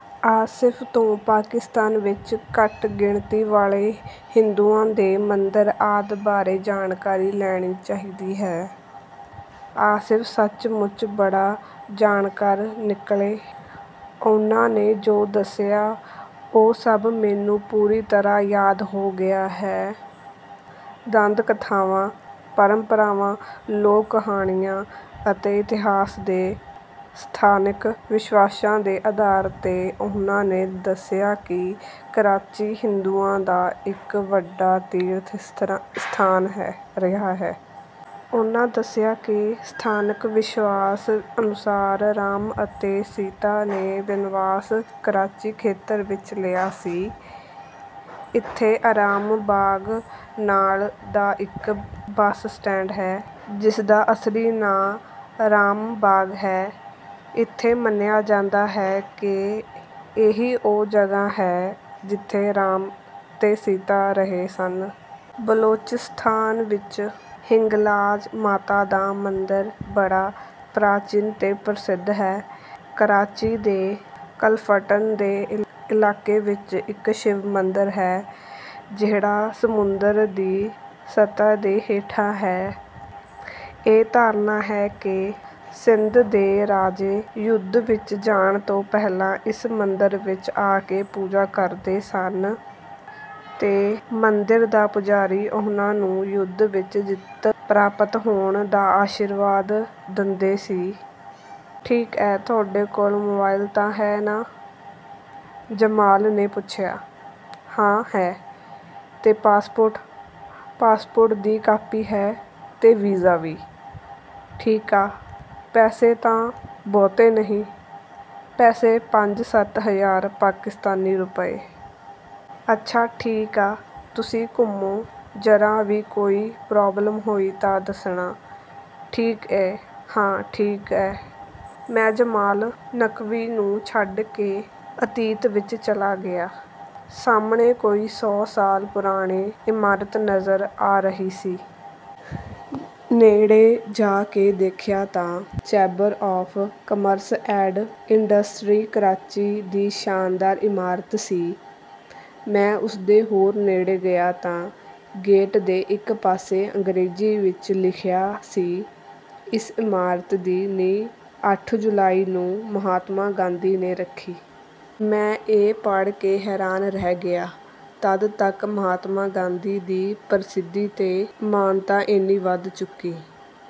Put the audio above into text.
ਆਸਿਫ ਤੋਂ ਪਾਕਿਸਤਾਨ ਵਿੱਚ ਘੱਟ-ਗਿਣਤੀ ਵਾਲੇ ਹਿੰਦੂਆਂ ਤੇ ਮੰਦਰਾਂ ਆਦਿ ਬਾਰੇ ਜਾਣਕਾਰੀ ਲੈਣੀ ਚਾਹੀਦੀ ਹੈ। ਆਸਿਫ ਸੱਚਮੁੱਚ ਬੜੇ ਜਾਣਕਾਰ ਨਿਕਲੇ। ਉਹਨਾਂ ਨੇ ਜੋ ਦੱਸਿਆ, ਉਹ ਸਭ ਮੈਨੂੰ ਪੂਰੀ ਤਰ੍ਹਾਂ ਯਾਦ ਹੋ ਗਿਆ ਹੈਦੰਦ-ਕਥਾਵਾਂ, ਪਰੰਪਰਾਵਾਂ, ਲੋਕ-ਕਹਾਣੀਆਂ ਤੇ ਇਤਿਹਾਸ ਦੇ ਸਥਾਨਕ ਵਿਸ਼ਵਾਸਾਂ ਦੇ ਆਧਾਰ 'ਤੇ ਉਹਨਾਂ ਨੇ ਦੱਸਿਆ ਕਿ ਕਰਾਚੀ ਹਿੰਦੂਆਂ ਦਾ ਇੱਕ ਵੱਡਾ ਤੀਰਥ-ਸਥਾਨ ਰਿਹਾ ਹੈ। ਉਹਨਾਂ ਦੱਸਿਆ ਕਿ ਸਥਾਨਕ ਵਿਸ਼ਵਾਸ ਅਨੁਸਾਰ ਰਾਮ ਤੇ ਸੀਤਾ ਨੇ ਬਨਵਾਸ ਕਰਾਚੀ ਖੇਤਰ ਵਿੱਚ ਲਿਆ ਸੀ। ਇੱਥੇ ਆਰਾਮ ਬਾਗ਼ ਨਾਂ ਦਾ ਇੱਕ ਬੱਸ-ਸਟਾਪ ਹੈ, ਜਿਸਦਾ ਅਸਲੀ ਨਾਂ ਰਾਮ ਬਾਗ਼ ਹੈ। ਇੱਥੇ ਮੰਨਿਆ ਜਾਂਦਾ ਹੈ ਕਿ ਇਹੀ ਉਹ ਜਗ੍ਹਾ ਹੈ, ਜਿੱਥੇ ਰਾਮ ਤੇ ਸੀਤਾ ਰਹੇ ਸਨ। ਬਿਲੋਚਿਸਤਾਨ ਵਿੱਚ ਹਿੰਗਲਾਜ ਮਾਤਾ ਦਾ ਮੰਦਰ ਬੜਾ ਪ੍ਰਾਚੀਨ ਤੇ ਪ੍ਰਸਿੱਧ ਹੈ। ਕਰਾਚੀ ਦੇ ਕਲਿਫਟਨ ਦੇ ਇਲਾਕੇ ਵਿੱਚ ਇੱਕ ਸ਼ਿਵ ਮੰਦਰ ਹੈ, ਜਿਹੜਾ ਸਮੁੰਦਰ ਦੀ ਸਤਹ ਦੇ ਹੇਠ ਹੈ। ਇਹ ਧਾਰਨਾ ਹੈ ਕਿ ਸਿੰਧ ਦੇ ਰਾਜੇ ਯੁੱਧ ਵਿੱਚ ਜਾਣ ਤੋਂ ਪਹਿਲਾਂ ਇਸ ਮੰਦਰ ਵਿੱਚ ਆ ਕੇ ਪੂਜਾ ਕਰਦੇ ਹੁੰਦੇ ਸਨ ਤੇ ਮੰਦਰ ਦਾ ਪੁਜਾਰੀ ਉਹਨਾਂ ਨੂੰ ਯੁੱਧ ਵਿੱਚ ਜਿੱਤ ਪ੍ਰਾਪਤ ਹੋਣ ਦਾ ਅਸ਼ੀਰਵਾਦ ਦੇਂਦਾ ਸੀ। "ਠੀਕ ਏ... ਤੁਹਾਡੇ ਕੋਲ ਮੋਬਾਇਲ ਤਾਂ ਹੈ ਨਾ?" ਜਮਾਲ ਨੇ ਪੁੱਛਿਆ। "ਹਾਂ, ਹੈ।" "ਤੇ ਪਾਸਪੋਰਟ?" "ਪਾਸਪੋਰਟ ਦੀ ਕਾਪੀ ਹੈ... ਤੇ ਵੀਜ਼ਾ ਵੀ...।" "ਠੀਕ ਐ... ਪੈਸੇ ਤਾਂ ਬਹੁਤੇ ਨਹੀਂ?" "ਪੈਸੇ ਪੰਜ-ਸੱਤ ਹਜ਼ਾਰ ਪਾਕਿਸਤਾਨੀ ਰੁਪਏ।" "ਅੱਛਾ... ਠੀਕ ਐ... ਤੁਸੀਂ ਘੁੰਮੋ... ਜ਼ਰਾ ਵੀ ਕੋਈ ਪ੍ਰਾਬਲਮ ਹੋਏ ਤਾਂ ਦੱਸਣਾ, ਠੀਕ ਏ।" "ਹਾਂ... ਠੀਕ ਏ।" ਮੈਂ ਜਮਾਲ ਨਕਵੀ ਨੂੰ ਛੱਡ ਕੇ ਅਤੀਤ ਵਿੱਚ ਚਲਾ ਗਿਆ। ਸਾਹਮਣੇ ਕੋਈ ਸੌ ਸਾਲ ਪੁਰਾਣੀ ਇਮਾਰਤ ਨਜ਼ਰ ਆ ਰਹੀ ਸੀ। ਨੇੜੇ ਜਾ ਕੇ ਦੇਖਿਆ ਤਾਂ chamber of commerce and industry, Karachi ਦੀ ਸ਼ਾਨਦਾਰ ਇਮਾਰਤ ਸੀ। ਮੈਂ ਉਸਦੇ ਹੋਰ ਨੇੜੇ ਗਿਆ ਤਾਂ ਗੇਟ ਦੇ ਇੱਕ ਪਾਸੇ ਅੰਗਰੇਜ਼ੀ ਵਿੱਚ ਲਿਖਿਆ ਸੀ, "ਇਸ ਇਮਾਰਤ ਦੀ ਨੀਂਹ ਅੱਠ ਜੁਲਾਈ ਨੂੰ ਮਹਾਤਮਾ ਗਾਂਧੀ ਨੇ ਰੱਖੀ।" ਮੈਂ ਇਹ ਪੜ੍ਹ ਕੇ ਹੈਰਾਨ ਰਹਿ ਗਿਆ। ਤਦ ਤੱਕ ਮਹਾਤਮਾ ਗਾਂਧੀ ਦੀ ਪ੍ਰਸਿੱਧੀ ਤੇ ਮਾਨਤਾ ਏਨੀ ਵੱਧ ਚੁੱਕੀ...